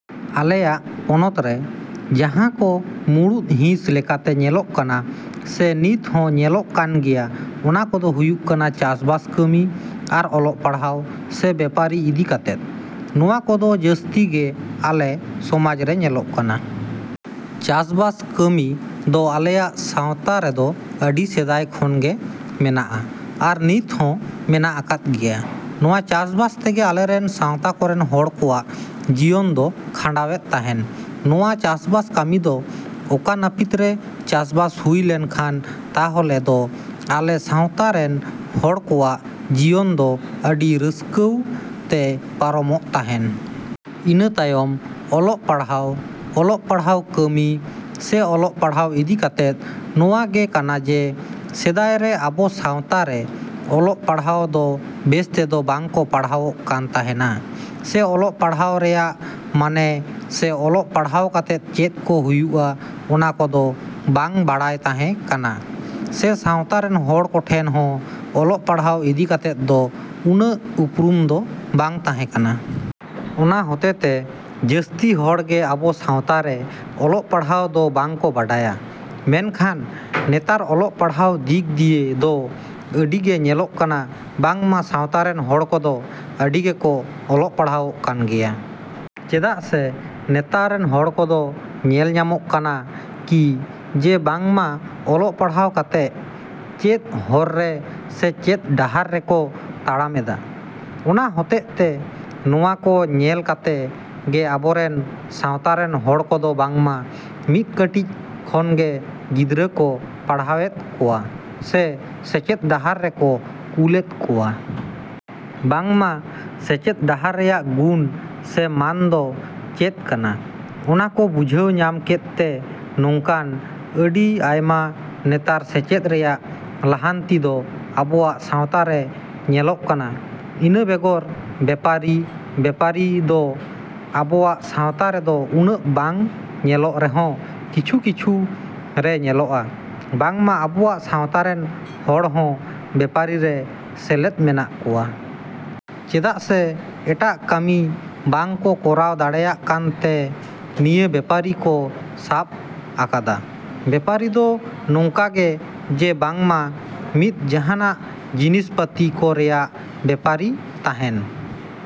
ᱟᱞᱮᱭᱟᱜ ᱯᱚᱱᱚᱛ ᱨᱮ ᱡᱟᱦᱟᱸ ᱠᱚ ᱢᱩᱬᱩᱛ ᱦᱤᱸᱥ ᱞᱮᱠᱟᱛᱮ ᱧᱮᱞᱚᱜ ᱠᱟᱱᱟ ᱥᱮ ᱱᱤᱛ ᱦᱚᱸ ᱧᱮᱞᱚᱜ ᱠᱟᱱ ᱜᱮᱭᱟ, ᱚᱱᱟ ᱠᱚᱫᱚ ᱦᱩᱭᱩᱜ ᱠᱟᱱᱟ ᱪᱟᱥᱵᱟᱥ ᱠᱟᱹᱢᱤ ᱟᱨ ᱚᱞᱚᱜ ᱯᱟᱲᱦᱟᱣ ᱥᱮ ᱵᱮᱯᱟᱨᱤ ᱤᱫᱤ ᱠᱟᱛᱮᱫ᱾ ᱱᱚᱣᱟ ᱠᱚᱫᱚ ᱡᱟᱹᱥᱛᱤ ᱜᱮ ᱟᱞᱮ ᱥᱚᱢᱟᱡᱽ ᱨᱮ ᱧᱮᱞᱚᱜ ᱠᱟᱱᱟ᱾ ᱪᱟᱥᱵᱟᱥ ᱠᱟᱹᱢᱤ ᱫᱚ ᱟᱞᱮᱭᱟᱜ ᱥᱟᱶᱛᱟ ᱨᱮᱫᱚ ᱟᱹᱰᱤ ᱥᱮᱫᱟᱭ ᱠᱷᱚᱱ ᱜᱮ ᱢᱮᱱᱟᱜᱼᱟ ᱟᱨ ᱱᱤᱛ ᱦᱚᱸ ᱢᱮᱱᱟᱜ ᱟᱠᱟᱫ ᱜᱮᱭᱟ᱾ ᱱᱚᱣᱟ ᱪᱟᱥᱵᱟᱥ ᱛᱮᱜᱮ ᱟᱞᱮᱨᱮᱱ ᱥᱟᱶᱛᱟ ᱠᱚᱨᱮᱱ ᱦᱚᱲ ᱠᱚᱣᱟᱜ ᱡᱤᱭᱚᱱ ᱫᱚ ᱠᱷᱟᱸᱰᱟᱣᱮᱫ ᱛᱟᱦᱮᱱ᱾ ᱱᱚᱣᱟ ᱪᱟᱥᱵᱟᱥ ᱠᱟᱹᱢᱤ ᱫᱚ ᱚᱠᱛᱚ ᱱᱟᱹᱯᱤᱛ ᱨᱮ ᱪᱟᱥᱵᱟᱥ ᱦᱩᱭ ᱞᱮᱱᱠᱷᱟᱱ ᱛᱟᱦᱚᱞᱮ ᱫᱚ ᱟᱞᱮ ᱥᱟᱶᱛᱟ ᱨᱮᱱ ᱦᱚᱲ ᱠᱚᱣᱟᱜ ᱡᱤᱭᱚᱱ ᱫᱚ ᱟᱹᱰᱤ ᱨᱟᱹᱥᱠᱟᱹᱣ ᱛᱮ ᱯᱟᱨᱚᱢᱚᱜ ᱛᱟᱦᱮᱱ᱾ ᱤᱱᱟᱹ ᱛᱟᱭᱚᱢ ᱚᱞᱚᱜ ᱯᱟᱲᱦᱟᱣ᱾ ᱚᱞᱚᱜ ᱯᱟᱲᱦᱟᱣ ᱠᱟᱹᱢᱤ ᱥᱮ ᱚᱞᱚᱜ ᱯᱟᱲᱦᱟᱣ ᱤᱫᱤ ᱠᱟᱛᱮᱫ ᱫᱚ ᱱᱚᱶᱟ ᱜᱮ ᱠᱟᱱᱟ ᱡᱮ ᱥᱮᱫᱟᱭ ᱨᱮ ᱟᱵᱚ ᱥᱟᱶᱛᱟ ᱨᱮ ᱚᱞᱚᱜ ᱯᱟᱲᱦᱟᱣ ᱫᱚ ᱵᱮᱥ ᱛᱮᱫᱚ ᱵᱟᱝ ᱠᱚ ᱯᱟᱲᱦᱟᱣᱚᱜ ᱠᱟᱱ ᱛᱟᱦᱮᱱᱟ ᱥᱮ ᱚᱞᱚᱜ ᱯᱟᱲᱦᱟᱣ ᱨᱮᱭᱟᱜ ᱢᱟᱱᱮ ᱥᱮ ᱚᱞᱚᱜ ᱯᱟᱲᱦᱟᱣ ᱠᱟᱛᱮᱫ ᱪᱮᱫ ᱠᱚ ᱦᱩᱭᱩᱜᱼᱟ ᱚᱱᱟ ᱠᱚᱫᱚ ᱵᱟᱝ ᱵᱟᱲᱟᱭ ᱛᱟᱦᱮᱸ ᱠᱟᱱᱟ ᱥᱮ ᱥᱟᱶᱛᱟ ᱨᱮᱱ ᱦᱚᱲ ᱠᱚᱴᱷᱮᱱ ᱦᱚᱸ ᱚᱞᱚᱜ ᱯᱟᱲᱦᱟᱣ ᱤᱫᱤ ᱠᱟᱛᱮᱫ ᱫᱚ ᱩᱱᱟᱹᱜ ᱩᱯᱨᱩᱢ ᱫᱚ ᱵᱟᱝ ᱛᱟᱦᱮᱸ ᱠᱟᱱᱟ᱾ ᱚᱱᱟ ᱦᱚᱛᱮᱛᱮ ᱡᱟᱹᱥᱛᱤ ᱦᱚᱲ ᱜᱮ ᱟᱵᱚ ᱥᱟᱶᱛᱟ ᱨᱮ ᱚᱞᱚᱜ ᱯᱟᱲᱦᱟᱣ ᱫᱚ ᱵᱟᱝ ᱠᱚ ᱵᱟᱰᱟᱭᱟ᱾ ᱢᱮᱱᱠᱷᱟᱱ ᱱᱮᱛᱟᱨ ᱚᱞᱚᱜ ᱯᱟᱲᱦᱟᱣ ᱫᱤᱠ ᱫᱤᱭᱮ ᱫᱚ ᱟᱹᱰᱤ ᱜᱮ ᱧᱮᱞᱚᱜ ᱠᱟᱱᱟ ᱵᱟᱝᱢᱟ ᱥᱟᱶᱛᱟ ᱨᱮᱱ ᱦᱚᱲ ᱠᱚᱫᱚ ᱟᱹᱰᱤ ᱜᱮᱠᱚ ᱚᱞᱚᱜ ᱯᱟᱲᱦᱟᱣᱚᱜ ᱠᱟᱱ ᱜᱮᱭᱟ᱾ ᱪᱮᱫᱟᱜ ᱥᱮ ᱱᱮᱛᱟᱨ ᱨᱮᱱ ᱦᱚᱲ ᱠᱚᱫᱚ ᱧᱮᱞ ᱧᱟᱢᱚᱜ ᱠᱟᱱᱟ ᱠᱤ ᱡᱮ ᱵᱟᱝᱢᱟ ᱚᱞᱚᱜ ᱯᱟᱲᱦᱟᱣ ᱠᱟᱛᱮᱜ ᱪᱮᱫ ᱦᱚᱨ ᱨᱮ ᱥᱮ ᱪᱮᱫ ᱰᱟᱦᱟᱨ ᱨᱮᱠᱚ ᱛᱟᱲᱟᱢ ᱮᱫᱟ᱾ ᱚᱱᱟ ᱦᱚᱛᱮᱜ ᱛᱮ ᱱᱚᱶᱟ ᱠᱚ ᱧᱮᱞ ᱠᱟᱛᱮ ᱜᱮ ᱟᱵᱚᱨᱮᱱ ᱥᱟᱶᱛᱟ ᱨᱮᱱ ᱦᱚᱲ ᱠᱚᱫᱚ ᱵᱟᱝᱢᱟ ᱢᱤᱫ ᱠᱟᱹᱴᱤᱡ ᱠᱷᱚᱱ ᱜᱮ ᱜᱤᱫᱽᱨᱟᱹ ᱠᱚ ᱯᱟᱲᱦᱟᱣ ᱮᱫ ᱠᱚᱣᱟ ᱥᱮ ᱥᱮᱪᱮᱫ ᱰᱟᱦᱟᱨ ᱨᱮᱠᱚ ᱠᱩᱞᱮᱫ ᱠᱚᱣᱟ᱾ ᱵᱟᱝᱢᱟ ᱥᱮᱪᱮᱫ ᱰᱟᱦᱟᱨ ᱨᱮᱭᱟᱜ ᱜᱩᱱ ᱥᱮ ᱢᱟᱱ ᱫᱚ ᱪᱮᱫ ᱠᱟᱱᱟ ᱚᱱᱟ ᱠᱚ ᱵᱩᱡᱷᱟᱹᱣ ᱧᱟᱢ ᱠᱮᱫ ᱛᱮ ᱱᱚᱝᱠᱟᱱ ᱟᱹᱰᱤ ᱟᱭᱢᱟ ᱱᱮᱛᱟᱨ ᱥᱮᱪᱮᱫ ᱨᱮᱭᱟᱜ ᱞᱟᱦᱟᱱᱛᱤ ᱫᱚ ᱟᱵᱚᱣᱟᱜ ᱥᱟᱶᱛᱟ ᱨᱮ ᱧᱮᱞᱚᱜ ᱠᱟᱱᱟ᱾ ᱤᱱᱟᱹ ᱵᱮᱜᱚᱨ ᱵᱮᱯᱟᱨᱤ᱾ ᱵᱮᱯᱟᱨᱤ ᱫᱚ ᱟᱵᱚᱣᱟᱜ ᱥᱟᱶᱛᱟ ᱨᱮᱫᱚ ᱩᱱᱟᱹᱜ ᱵᱟᱝ ᱧᱮᱞᱚᱜ ᱨᱮᱦᱚᱸ ᱠᱤᱪᱷᱩ ᱠᱤᱪᱷᱩ ᱨᱮ ᱧᱮᱞᱚᱜᱼᱟ ᱵᱟᱝᱢᱟ ᱟᱵᱚᱣᱟᱜ ᱥᱟᱶᱛᱟ ᱨᱮᱱ ᱦᱚᱲ ᱦᱚᱸ ᱵᱮᱯᱟᱨᱤ ᱨᱮ ᱥᱮᱞᱮᱫ ᱢᱮᱱᱟᱜ ᱠᱚᱣᱟ᱾ ᱪᱮᱫᱟᱜ ᱥᱮ ᱮᱴᱟᱜ ᱠᱟᱹᱢᱤ ᱵᱟᱝ ᱠᱚ ᱠᱚᱨᱟᱣ ᱫᱟᱲᱮᱭᱟᱜ ᱠᱟᱱ ᱛᱮ ᱱᱤᱭᱟᱹ ᱵᱮᱯᱟᱨᱤ ᱠᱚ ᱥᱟᱵ ᱟᱠᱟᱫᱟ᱾ ᱵᱮᱯᱟᱨᱤ ᱫᱚ ᱱᱚᱝᱠᱟ ᱜᱮ ᱡᱮ ᱵᱟᱝᱢᱟ ᱢᱤᱫ ᱡᱟᱦᱟᱸᱱᱟᱜ ᱡᱤᱱᱤᱥ ᱯᱟᱛᱤ ᱠᱚ ᱨᱮᱭᱟᱜ ᱵᱮᱯᱟᱨᱤ ᱛᱟᱦᱮᱸᱱ